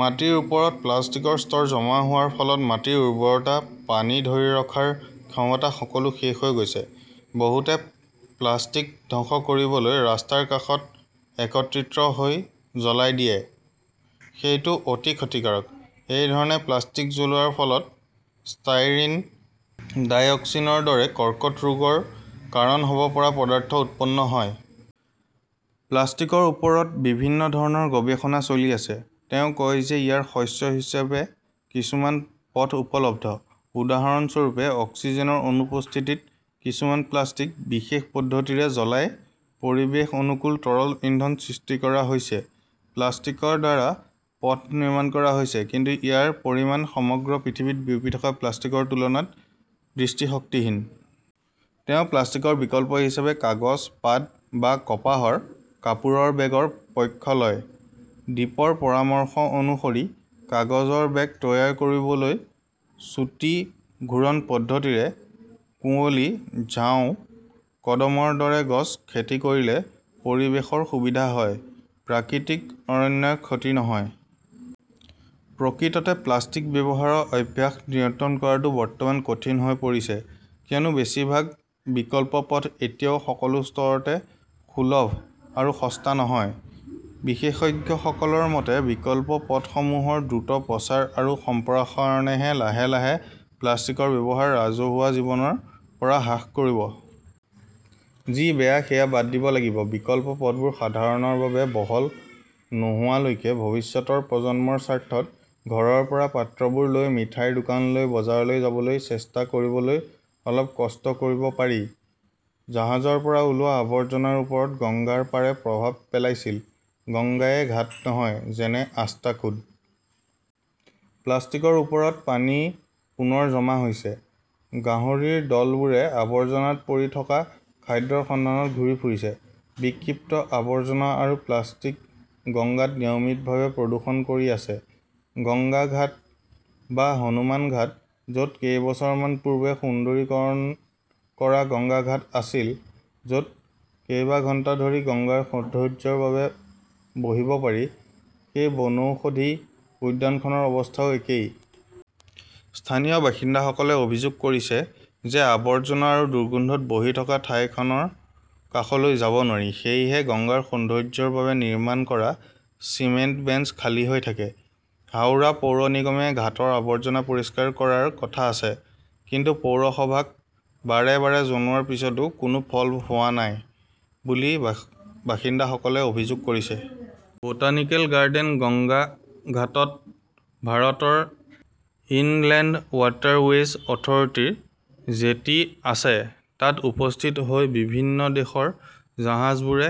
মাটিৰ ওপৰত প্লাষ্টিকৰ স্তৰ জমা হোৱাৰ ফলত মাটিৰ উৰ্বৰতা, পানী ধৰি ৰখাৰ ক্ষমতা সকলো শেষ হৈ গৈছে। বহুতে প্লাষ্টিক ধ্বংস কৰিবলৈ ৰাস্তাৰ কাষত একত্ৰিত হৈ জ্বলাই দিয়ে। সেইটো অতি ক্ষতিকাৰক। এই ধৰণে প্লাষ্টিক জ্বলোৱাৰ ফলত ষ্টাইৰিন, ডাইঅক্সিনৰ দৰে কৰ্কট ৰোগৰ কাৰণ হ'ব পৰা পদাৰ্থ উৎপন্ন হয়। প্লাষ্টিকৰ ওপৰত বিভিন্ন ধৰণৰ গৱেষণা চলি আছে। তেওঁ কয় যে ইয়াৰ শস্য হিচাপে কিছুমান পথ উপলব্ধ। উদাহৰণস্বৰূপে, অক্সিজেনৰ অনুপস্থিতিত কিছুমান প্লাষ্টিক বিশেষ পদ্ধতিৰে জ্বলাই পৰিৱেশ-অনুকূল তৰল ইন্ধন সৃষ্টি কৰা হৈছে, প্লাষ্টিকৰ দ্বাৰা পথ নিৰ্মাণ কৰা হৈছে, কিন্তু ইয়াৰ পৰিমাণ সমগ্ৰ পৃথিৱীত বিয়পি থকা প্লাষ্টিকৰ তুলনাত দৃষ্টিশক্তিহীন। তেওঁ প্লাষ্টিকৰ বিকল্প হিচাপে কাগজ, পাট বা কপাহৰ কাপোৰৰ বেগৰ পক্ষ লয়। দীপৰ পৰামৰ্শ অনুসৰি কাগজৰ বেগ তৈয়াৰ কৰিবলৈ চুটি ঘূৰণ পদ্ধতিৰে কুঁৱলী, ঝাও, কদমৰ দৰে গছ খেতি কৰিলে পৰিৱেশৰ সুবিধা হয়, প্ৰাকৃতিক অৰণ্যৰ ক্ষতি নহয়। প্ৰকৃততে প্লাষ্টিক ব্যৱহাৰৰ অভ্যাস নিয়ন্ত্ৰণ কৰাটো বৰ্তমান কঠিন হৈ পৰিছে কিয়নো বেছিভাগ বিকল্প পথ এতিয়াও সকলো স্তৰতে সুলভ আৰু সস্তা নহয়। বিশেষজ্ঞসকলৰ মতে, বিকল্প পথসমূহৰ দ্ৰুত প্ৰচাৰ আৰু সম্প্ৰসাৰণেহে লাহে -লাহে প্লাষ্টিকৰ ব্যৱহাৰ ৰাজহুৱা জীৱনৰ পৰা হ্ৰাস কৰিব। যি বেয়া সেয়া বাদ দিব লাগিব। বিকল্প পথবোৰ সাধাৰণৰ বাবে বহল নোহোৱালৈকে ভৱিষ্যতৰ প্ৰজন্মৰ স্বাৰ্থত ঘৰৰ পৰা পাত্ৰবোৰ লৈ মিঠাইৰ দোকানলৈ, বজাৰলৈ যাবলৈ চেষ্টা কৰিবলৈ অলপ কষ্ট কৰিব পাৰি। জাহাজৰ পৰা ওলোৱা আৱৰ্জনাৰ ওপৰত গংগাৰ পাৰে প্ৰভাৱ পেলাইছিল গাঙ্গেয় ঘাট নহয়, যেনে আষ্টাকুড। প্লাষ্টিকৰ ওপৰত পানী পুনৰ জমা হৈছে। গাহৰিৰ দলবোৰে আবৰ্জনাত পৰি থকা খাদ্যৰ সন্ধানত ঘূৰি ফুৰিছে। বিক্ষিপ্ত আৱৰ্জনা আৰু প্লাষ্টিক গঙ্গাত নিয়মিতভাৱে প্ৰদূষণ কৰি আছে। গংগা ঘাট বা হনুমান ঘাট, য 'ত কেইবছৰমান পূৰ্বে সুন্দৰীকৰণ কৰা গংগা ঘাট আছিল, য' ত কেইবা ঘণ্টা ধৰি গংগাৰ সৌন্দৰ্য্যৰ বাবে বহিব পাৰি, সেই বনৌষধি উদ্যানখনৰ অৱস্থাও একেই। স্থানীয় বাসিন্দাসকলে অভিযোগ কৰিছে যে আৱৰ্জনা আৰু দুৰ্গন্ধত বহি থকা ঠাইখনৰ কাষলৈ যাব নোৱাৰি। সেয়েহে গংগাৰ সৌন্দৰ্য্যৰ বাবে নিৰ্মাণ কৰা চিমেণ্ট বেঞ্চ খালী হৈ থাকে। হাওড়া পৌৰ নিগমে ঘাটৰ আৱৰ্জনা পৰিষ্কাৰ কৰাৰ কথা আছে, কিন্তু পৌৰসভাক বাৰে -বাৰে জনোৱাৰ পিছতো কোনো ফল হোৱা নাই বুলি বাসিন্দাসকলে অভিযোগ কৰিছে। বোটানিকেল গাৰ্ডেন গংগা ঘাটত ভাৰতৰ ইনলেণ্ড ৱাটাৰৱেজ অথৰিটিৰ জেটি আছে, তাত উপস্থিত হৈ বিভিন্ন দেশৰ জাহাজবোৰে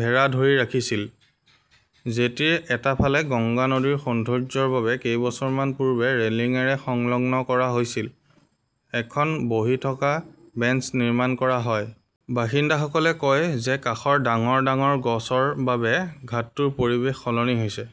ভেড়া ধৰি ৰাখিছিল। জেটিৰ এটা ফালে গংগা নদীৰ সৌন্দৰ্য্যৰ বাবে কেইবছৰমান পূৰ্বে ৰেলিংৰে সংলগ্ন কৰা হৈছিল। এখন বহি থকা বেঞ্চ নিৰ্মাণ কৰা হয়। বাসিন্দাসকলে কয় যে কাষৰ ডাঙৰ -ডাঙৰ গছৰ বাবে ঘাটটোৰ পৰিৱেশ সলনি হৈছে।